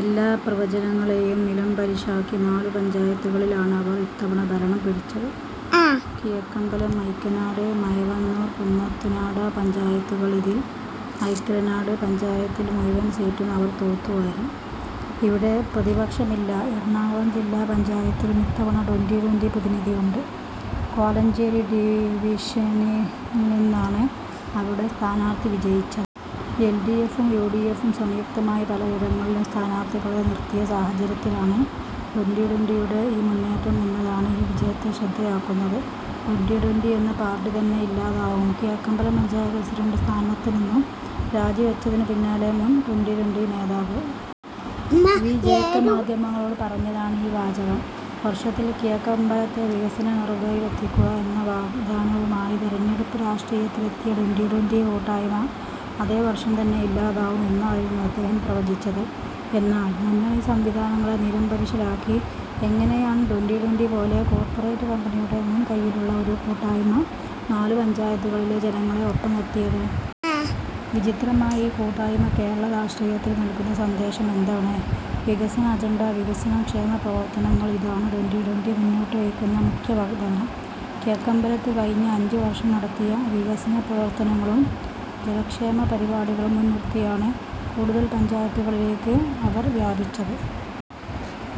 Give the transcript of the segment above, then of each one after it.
എല്ലാ പ്രവചനങ്ങളെയും നിലംപരിശാക്കി, നാലു പഞ്ചായത്തുകളിലാണ് അവര്‍ ഇത്തവണ ഭരണം പിടിച്ചത്. കിഴക്കമ്പലം, ഐക്കരനാട്, മഴുവന്നൂര്‍, കുന്നത്തുനാട പഞ്ചായത്തുകള്‍. ഇതില്‍ ഐക്കരനാട് പഞ്ചായത്തില്‍ മുഴുവന്‍ സീറ്റും അവര്‍ തൂത്തു വാരി. ഇവിടെ പ്രതിപക്ഷമില്ല. എറണാകുളം ജില്ലാ പഞ്ചായത്തിലും ഇത്തവണ ട്വന്റി ട്വന്റി പ്രതിനിധിയുണ്ട്. കോലഞ്ചേരി ഡിവിഷനില്നിന്നാണ് അവരുടെ സ്ഥാനാര്‍ത്ഥി വിജയിച്ചത്. എല് ഡി എഫും യു ഡി എഫും സംയുക്തമായി പലയിടങ്ങളിലും സ്ഥാനാര്‍ത്ഥികളെ നിര്‍ത്തിയ സാഹചര്യത്തിലാണ് ട്വന്റി ട്വന്റി യുടെ ഈ മുന്നേറ്റം എന്നതാണ് ഈ വിജയത്തെ ശ്രദ്ധേയമാക്കുന്നത്. ട്വന്റി ട്വന്റി എന്ന പാര്‍ട്ടി തന്നെ ഇല്ലാതാവും''കിഴക്കമ്പലം പഞ്ചായത്ത് പ്രസിഡന്‍റ് സ്ഥാനത്തുനിന്നും രാജിവെച്ചതിനു പിന്നാലെ മുന്‍ ട്വന്റി ട്വന്റി നേതാവ്. വി ജേക്കബ് മാധ്യമങ്ങളോട് പറഞ്ഞതാണ് ഈ വാചകം. വര്‍ഷത്തില്‍ കിഴക്കമ്പലത്തെ വികസന നെറുകയിലെത്തിക്കുക എന്ന വാഗ്ദാനവുമായി തെരഞ്ഞെടുപ്പ് രാഷ്ട്രീയത്തിലെത്തിയ ട്വന്റി ട്വന്റി കൂട്ടായ്മ അതേ വര്‍ഷം തന്നെ ഇല്ലാതാവും എന്നായിരുന്നു അദ്ദേഹം പ്രവചിച്ചത്. എന്നാല്‍. മുന്നണി സംവിധാനങ്ങളെ നിലംപരിശാക്കി എങ്ങനെയാണ് ട്വന്റി ട്വന്റി പോലെ കോർപ്പറേറ്റ് കമ്പനിയുടെ മുൻ കൈയിലുള്ള ഒരു കൂട്ടായ്മ നാലു പഞ്ചായത്തുകളിലെ ജനങ്ങളെ ഒപ്പം നിര്‍ത്തിയത്? വിചിത്രമായ ഈ കൂട്ടായ്മ കേരള രാഷ്ട്രീയത്തിന് നല്കുന്ന സന്ദേശം എന്താണ്? വികസന അജണ്ട വികസനം, ക്ഷേമപ്രവർത്തനങ്ങൾ. ഇതാണ് ട്വന്റി ട്വന്റി മുന്നോട്ടുവെയ്ക്കുന്ന മുഖ്യ വാഗ്ദാനം. കിഴക്കമ്പലത്ത് കഴിഞ്ഞ അഞ്ച് വര്‍ഷം നടത്തിയ വികസന പ്രവര്‍ത്തനങ്ങളും ജനക്ഷേമ പരിപാടികളും മുന്നിര്‍ത്തിയാണ് കൂടുതല്‍ പഞ്ചായത്തുകളിലേക്ക് അവര്‍ വ്യാപിച്ചത്.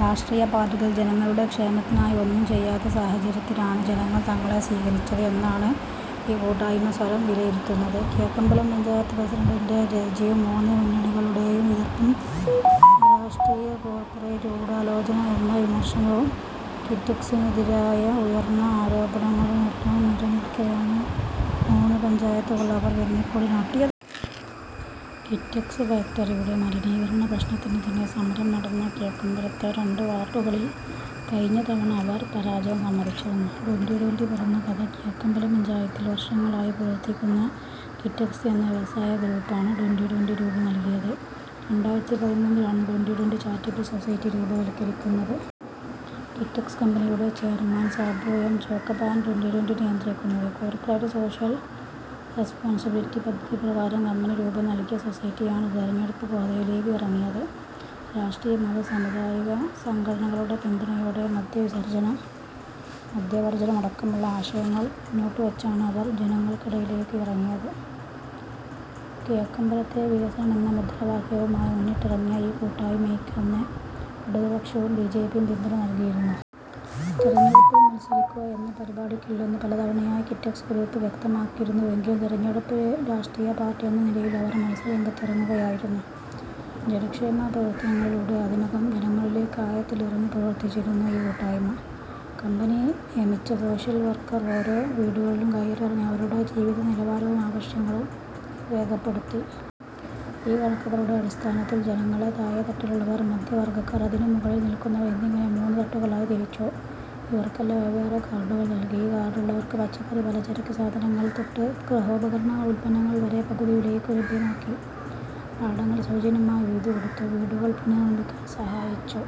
രാഷ്ട്രീയ പാര്‍ട്ടികള്‍ ജനങ്ങളുടെ ക്ഷേമത്തിനായി ഒന്നും ചെയ്യാത്ത സാഹചര്യത്തിലാണ് ജനങ്ങള്‍ തങ്ങളെ സ്വീകരിച്ചത് എന്നാണ് ഈ കൂട്ടായ്മ സ്വയം വിലയിരുത്തുന്നത്. കിഴക്കമ്പലം പഞ്ചായത്ത് പ്രസിഡന്‍റിന്‍റെ രാജിയും മൂന്ന് മുന്നണികളുടെയും എതിര്‍പ്പും അരാഷ്ട്രീയ കോര്‍പ്പറേറ്റ് ഗൂഢാലോചന എന്ന വിമര്‍ശനവും കിറ്റെക്സിനെതിരായി ഉയര്‍ന്ന ആരോപണങ്ങളും എല്ലാം നിലനില്‍ക്കെയാണ് മൂന്ന് പഞ്ചായത്തുകളില്‍ അവര്‍ വെന്നിക്കൊടി നാട്ടിയത്. കിറ്റക്സ് ഫാക്റിയുടെ മലിനീകരണ പ്രശ്നത്തിനെതിരെ സമരം നടന്ന കിഴക്കമ്പലത്തെ രണ്ട് വാര്‍ഡുകളില്‍ കഴിഞ്ഞ തവണ അവര്‍ പരാജയം സമ്മതിച്ചിരുന്നു. ട്വന്റി ട്വന്റി പിറന്ന കഥ കിഴക്കമ്പലം പഞ്ചായത്തില്‍ വര്‍ഷങ്ങളായി പ്രവര്‍ത്തിക്കുന്ന കിറ്റക്സ് എന്ന വ്യവസായ ഗ്രൂപ്പാണ് ട്വന്റി ട്വന്റിക്ക് രൂപം നല്കിയത്. രണ്ടായിരത്തി പതിമൂന്നിലാണ് ട്വന്റി ട്വന്റി ചാരിറ്റബിള്‍ സൊസൈറ്റി രൂപവത്കരിക്കുന്നത്. കിറ്റക്സ് കമ്പനിയുടെ ചെയര്‍മാന് സാബു എം ജേക്കബ് ആണ് ട്വന്റി ട്വന്റി നിയന്ത്രിക്കുന്നത്. കോർപ്പറേറ്റ് സോഷ്യല്‍ റെസ്പോൺസിബിലിറ്റി പദ്ധതി പ്രകാരം കമ്പനി രൂപം നല്കിയ സൊസൈറ്റിയാണ് തെരഞ്ഞെടുപ്പ് ഗോദയിലേക്ക് ഇറങ്ങിയത്. രാഷ്ട്രീയ-മത-സാമുദായിക സംഘടനകളുടെ പിന്തുണയോടെ മദ്യവർജ്ജനം അടക്കമുള്ള ആശയങ്ങള്‍ മുന്നോട്ടുവെച്ചാണ് അവര്‍ ജനങ്ങൾക്കിടയിലേക്ക് ഇറങ്ങിയത്. കിഴക്കമ്പലത്തിന്റെ വികസനം എന്ന മുദ്രാവാക്യവുമായി മുന്നിട്ടിറങ്ങിയ ഈ കൂട്ടായ്മക്ക് അന്ന് ഇടതുപക്ഷവും ബിജെപിയും പിന്തുണ നല്കിയിരുന്നു. തെരഞ്ഞെടുപ്പില്‍ മത്സരിക്കുക എന്ന പരിപാടിക്കില്ലെന്ന് പലതവണയായി കിറ്റക്സ് ഗ്രൂപ്പ് വ്യക്തമാക്കിയിരുന്നുവെങ്കിലും തെരഞ്ഞെടുപ്പില് രാഷ്ട്രീയ പാര്‍ട്ടി എന്ന നിലയില്‍ അവര്‍ മത്സര രംഗത്തിറങ്ങുകയായിരുന്നു. ജനക്ഷേമ പ്രവര്‍ത്തനങ്ങളിലൂടെ അതിനകം ജനങ്ങളിലേക്ക് ആഴത്തില്‍ ഇറങ്ങി പ്രവര്‍ത്തിച്ചിരുന്നു ഈ കൂട്ടായ്മ. കമ്പനി നിയമിച്ച സോഷ്യല്‍ വർക്കർമാർ ഓരോ വീടുകളും കയറിയിറങ്ങി അവരുടെ ജീവിതനിലവാരവും ആവശ്യങ്ങളും രേഖപ്പെടുത്തി. ഈ കണക്കുകളുടെ അടിസ്ഥാനത്തില്‍ ജനങ്ങളെ താഴെ തട്ടിലുള്ളവർ, മധ്യവർഗക്കാർ, അതിനും മുകളില്‍ നില്‍ക്കുന്നവര്‍ എന്നിങ്ങനെ മൂന്നു തട്ടുകളായി തിരിച്ചു. ഇവർക്കെല്ലാം വെവ്വേറെ കാര്‍ഡുകള്‍ നല്‍കി. ഈ കാർഡുഉള്ളവര്‍ക്ക് പച്ചക്കറി-പലചരക്ക് സാധനങ്ങള്‍ തൊട്ട് ഗൃഹോപകരണ ഉത്പന്നങ്ങള്‍ വരെ പകുതി വിലയ്ക്കു ലഭ്യമാക്കി. പാടങ്ങള്‍ സൗജന്യമായി ഉഴുതു കൊടുത്തു. വീടുകള്‍ പുനർനിര്‍മിക്കാന്‍ സഹായിച്ചു.